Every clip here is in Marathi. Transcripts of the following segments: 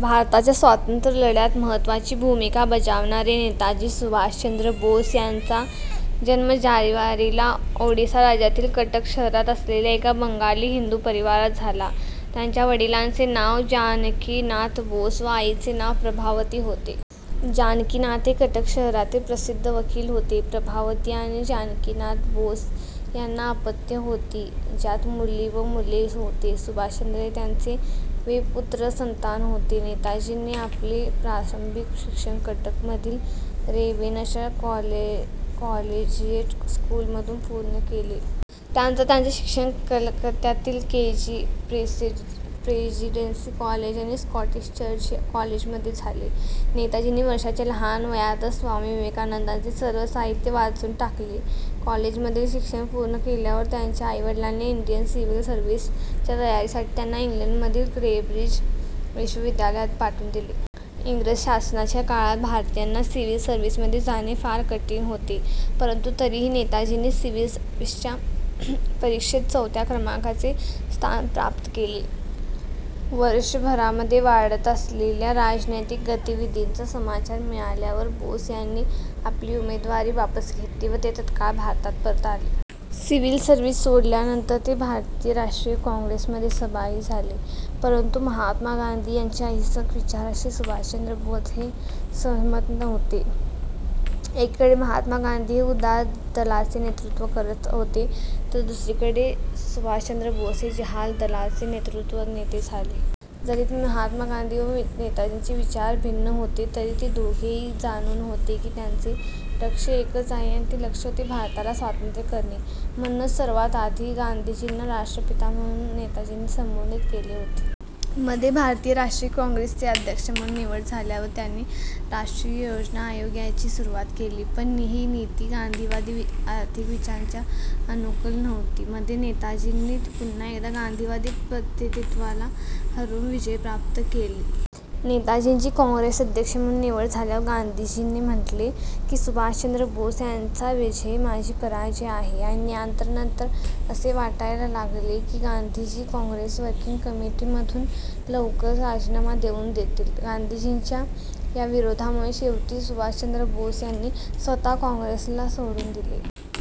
भारताच्या स्वतंत्र लढ्यात महत्त्वाची भूमिका बजावणारे नेताजी सुभाष चंद्र बोस यांचा जन्म जानेवारी ला ओडिसा राज्यातील कटक शहरात असलेल्या एका बंगाली हिंदू परिवारात झाला. त्यांच्या वडिलांचे नाव 'जानकी नाथ बोस' व आईचे नाव 'प्रभावती' होते. जानकी नाथ हे कटक शहरातील प्रसिद्ध वकील होते. प्रभावती आणि जानकी नाथ बोस यांना अपत्य होती. ज्यात मुली व मुले होते. सुभाष चंद्र हे त्यांचे वे पुत्र संतान होते. नेताजींनी आपले प्रारंभिक शिक्षण कटक मधील रेवेनशा कॉलेजियेट स्कूल मधून पूर्ण केले. त्या नंतरचे त्यांचे शिक्षण कलकत्यातील के प्रेजिडेंसी कॉलेज आणि स्कॉटिश चर्च कॉलेज मध्ये झाले. नेताजींनी वर्षाच्या लहान वयातच स्वामी विवेकानंदांचे सर्व साहित्य वाचून टाकले. कॉलेज मधील शिक्षण पूर्ण केल्यावर त्यांच्या आई वडिलांनी, इंडियन सिव्हिल सर्व्हिस च्या तयारी साठी त्यांना इंग्लंड मधील केब्रिज विश्व विद्यालयात पाठून दिले. इंग्रज शासनाच्या काळात भारतीयांना सिव्हिल सर्व्हिस मध्ये जाणे फार कठीण होते परंतु तरीही नेताजींनी सिव्हिल सर्व्हिस च्या परीक्षेत चौथ्या क्रमांकाचे स्थान प्राप्त केले. वर्ष मध्ये भारतात वाढत असलेल्या राजनैतिक गतिविधिंचा समाचार मिळाल्यावर बोस यांनी आपली उमेदवारी वापस घेतली व ते तत्काळ भारतात परत आले. सिव्हिल सर्व्हिस सोडल्यानंतर ते भारतीय राष्ट्रीय काँग्रेस मध्ये सहभागी झाले. परंतु महात्मा गांधी यांच्या अहिंसक विचाराशी सुभाष चंद्र बोस हे सहमत न होते. एकीकडे महात्मा गांधी हे उदार दलाचे नेतृत्व करत होते तर दुसरी कडे सुभाष चंद्र बोस हे जहाल दलाचे नेते होते. जरी महात्मा गांधी व नेताजींचे विचार भिन्न होते तरी ते दोघे ही जाणून होते की त्यांचे लक्ष एकच आहे आणि ते लक्ष होते भारताला स्वातंत्र्य करणे. म्हणूनच सर्वात आधी गांधीजीना राष्ट्रपिता म्हणून नेताजींनी संबोधित केले होते. मध्ये भारतीय राष्ट्रीय काँग्रेस चे अध्यक्ष म्हणून निवड झाल्यावर त्यांनी राष्ट्रीय योजना आयोग ची सुरुवात केली. पण ही नीती गांधीवादी आर्थिक विचारांच्या अनुकूल नव्हती. मध्ये नेताजींनी पुन्हा एकदा गांधीवादी प्रतिद्वंद्वीला हरवून विजय प्राप्त केली. नेताजींची काँग्रेसचे अध्यक्ष म्हणून निवड झाल्यावर, गांधीजींने म्हटले की सुभाष चंद्र बोस यांची विजय माझी पराजय आहे आणि यानंतर असे वाटायला लागले की गांधीजी काँग्रेस वर्किंग कमिटी मधून लवकरच राजीनामा देऊन देतील. गांधीजींच्या या विरोधामुळे शेवटी सुभाषचंद्र बोस यांनी स्वतः काँग्रेसला सोडून दिले.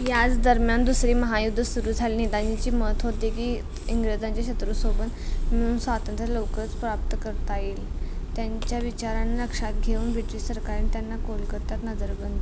यादरम्यानच दुसरे महायुद्ध सुरू झाले. नेताजींची मत होते की इंग्रजांच्या शत्रु सोबत मिळून स्वातंत्र्य लवकरच प्राप्त करता येईल. त्यांच्या विचारांना लक्षात घेऊन ब्रिटिश सरकारने त्यांना कोलकत्यात नजर बंद